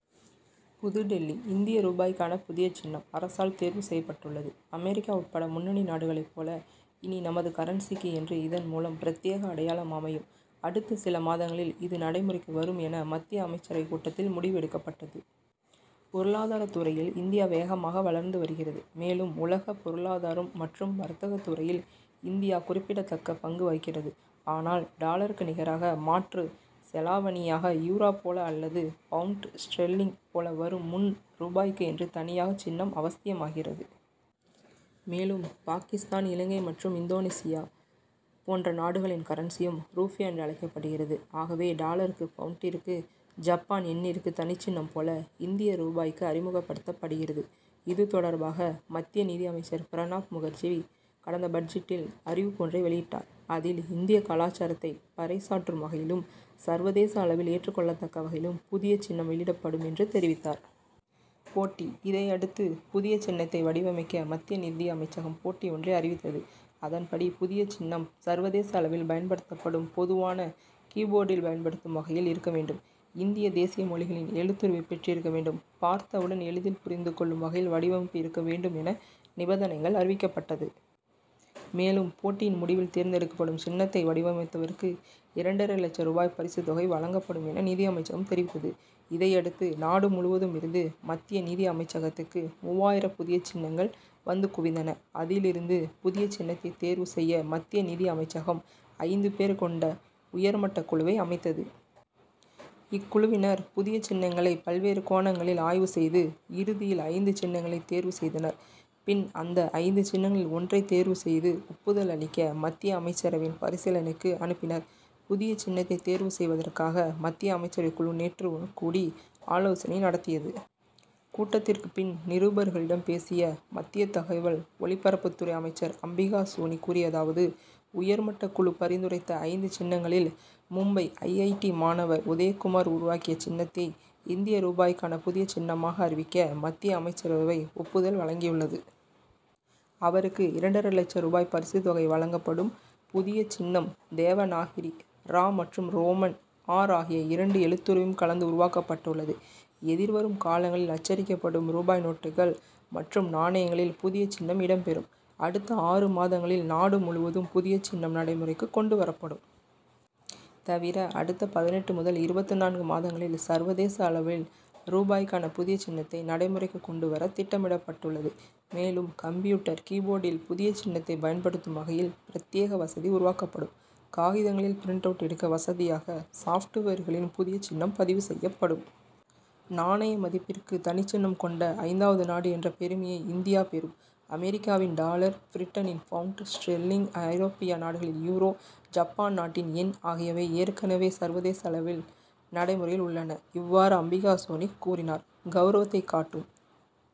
புதுடில்லி இந்திய ரூபாய்க்கான புதிய சின்னம், அரசால் தேர்வு செய்யப்பட்டுள்ளது. அமெரிக்கா உட்பட முன்னணி நாடுகளைப் போல இனி நமது கரன்சிக்கு என்று இதன் மூலம் பிரத்யேக அடையாளம் அமையும் அடுத்த சில மாதங்களில் இது நடைமுறைக்கும் வரும் என, மத்திய அமைச்சரவை கூட்டத்தில் முடிவு எடுக்கப்பட்டது. பொருளாதாரத் துறையில் இந்தியா வேகமாக வளர்ந்து வருகிறது. மேலும், உலக பொருளாதாரம் மற்றும் வர்த்தகத் துறையில் இந்தியா குறிப்பிடத்தக்க பங்கு வகிக்கிறது. ஆனால், டாலருக்கு நிகராக மாற்று செலாவணியாக யூரோ போல அல்லது பவுண்ட் ஸ்டெர்லிங் போல வரும் முன், ரூபாய்க்கு என்று தனியாக சின்னம் அவசியமாகிறது. மேலும் பாகிஸ்தான், இலங்கை மற்றும் இந்தோனேஷியா போன்ற நாடுகளின் கரன்சியும், ரூப்யா என்றழைக்கப்படுகிறது. ஆகவே, டாலருக்கு, பவுண்டிற்கு, ஜப்பான் யென்னிற்கு தனிச்சின்னம் போல இந்திய ரூபாய்க்கு அறிமுகப்படுத்தப்படுகிறது. இது தொடர்பாக, மத்திய நிதி அமைச்சர் பிரணாப் முகர்ஜி, கடந்த பட்ஜெட்டில் அறிவிப்பு ஒன்றை வெளியிட்டார். அதில், இந்திய கலாசாரத்தை பறை சாற்றும் வகையிலும், சர்வதேச அளவில் ஏற்றுக்கொள்ளத்தக்க வகையிலும் புதிய சின்னம் வெளியிடப்படும் என்று தெரிவித்தார். போட்டி இதையடுத்து, புதிய சின்னத்தை வடிவமைக்க மத்திய நிதி அமைச்சகம் போட்டி ஒன்றை அறிவித்தது. அதன்படி புதிய சின்னம், சர்வதேச அளவில் பயன்படுத்தப்படும் பொதுவான கீ-போர்டில் பயன்படுத்தும் வகையில் இருக்க வேண்டும். இந்திய தேசிய மொழிகளின் எழுத்துருவை பெற்றிருக்க வேண்டும்; பார்த்தவுடன் எளிதில் புரிந்து கொள்ளும் வகையில் வடிவமைப்பு இருக்க வேண்டும் என நிபந்தனைகள் அறிவிக்கப்பட்டது. மேலும், போட்டியின் முடிவில் தேர்ந்தேடுக்கப்படும் சின்னத்தை வடிவமைத்தவருக்கு, இரண்டரை லட்ச ரூபாய் பரிசுத் தொகை வழங்கப்படும் என நிதி அமைச்சகம் தெரிவித்தது. இதையடுத்து, நாடு முழுவதும் இருந்து மத்திய நிதி அமைச்சகத்துக்கு மூவாயிரம் புதிய சின்னங்கள் வந்து குவிந்தன. அதிலிருந்து புதிய சின்னத்தை தேர்வு செய்ய மத்திய நிதி அமைச்சகம், ஐந்து பேர் கொண்ட உயர்மட்டக் குழுவை அமைத்தது. இக்குழுவினர், புதிய சின்னங்களை பல்வேறு கோணங்களில் ஆய்வு செய்து, இறுதியில் ஐந்து சின்னங்களை தேர்வு செய்தனர். பின், அந்த ஐந்து சின்னங்களில் ஒன்றை தேர்வு செய்து ஒப்புதல் அளிக்க மத்திய அமைச்சரவையின் பரிசீலனைக்கு அனுப்பினர். புதிய சின்னத்தை தேர்வு செய்வதற்காக மத்திய அமைச்சரவை குழு நேற்று கூடி ஆலோசனை நடத்தியது. கூட்டத்திற்கு பின் நிருபர்களிடம் பேசிய மத்திய தகவல் ஒலிபரப்புத்துறை அமைச்சர் அம்பிகா சோனி கூறியதாவது உயர்மட்டக் குழு பரிந்துரைத்த ஐந்து சின்னங்களில், மும்பை ஐ. ஐ. டி., மாணவர் உதயகுமார் உருவாக்கிய சின்னத்தை இந்திய ரூபாய்க்கான புதிய சின்னமாக அறிவிக்க, மத்திய அமைச்சரவை ஒப்புதல் வழங்கியுள்ளது. அவருக்கு இரண்டரை லட்ச ரூபாய் பரிசுத் தொகை வழங்கப்படும். புதிய சின்னம் தேவநாகிரி, ரா மற்றும் ரோமன் ஆர் ஆகிய இரண்டு எழுத்துருவையும் கலந்து உருவாக்கப்பட்டுள்ளது. எதிர்வரும் காலங்களில் அச்சடிக்கப்படும் ரூபாய் நோட்டுகள் மற்றும் நாணயங்களில் புதிய சின்னம் இடம் பெறும். அடுத்த ஆறு மாதங்களில், நாடு முழுவதும் புதிய சின்னம் நடைமுறைக்கு கொண்டு வரப்படும். தவிர, அடுத்த பதினெட்டு முதல் இருபத்து நான்கு மாதங்களில், சர்வதேச அளவில் ரூபாய்க்கான புதிய சின்னத்தை நடைமுறைக்கு கொண்டு வர திட்டமிடப்பட்டுள்ளது. மேலும், கம்ப்யூட்டர் கீ-போர்டில் புதிய சின்னத்தை பயன்படுத்தும் வகையில் பிரத்யேக வசதி உருவாக்கப்படும். காகிதங்களில் பிரின்ட் அவுட் எடுக்க வசதியாக சாப்ட்வேர்களில் புதிய சின்னம் பதிவு செய்யப்படும். நாணய மதிப்பிற்கு தனிச்சின்னம் கொண்ட ஐந்தாவது நாடு என்ற பெருமையை இந்தியா பெறும். அமெரிக்காவின் டாலர், பிரிட்டனின் பவுண்ட் ஸ்டெர்லிங், ஐரோப்பிய நாடுகளின் யூரோ, ஜப்பான் நாட்டின் யென் ஆகியவை ஏற்கனவே சர்வதேச அளவில் நடைமுறையில் உள்ளன. இவ்வாறு அம்பிகா சோனி கூறினார். கவுரவத்தைக் காட்டும்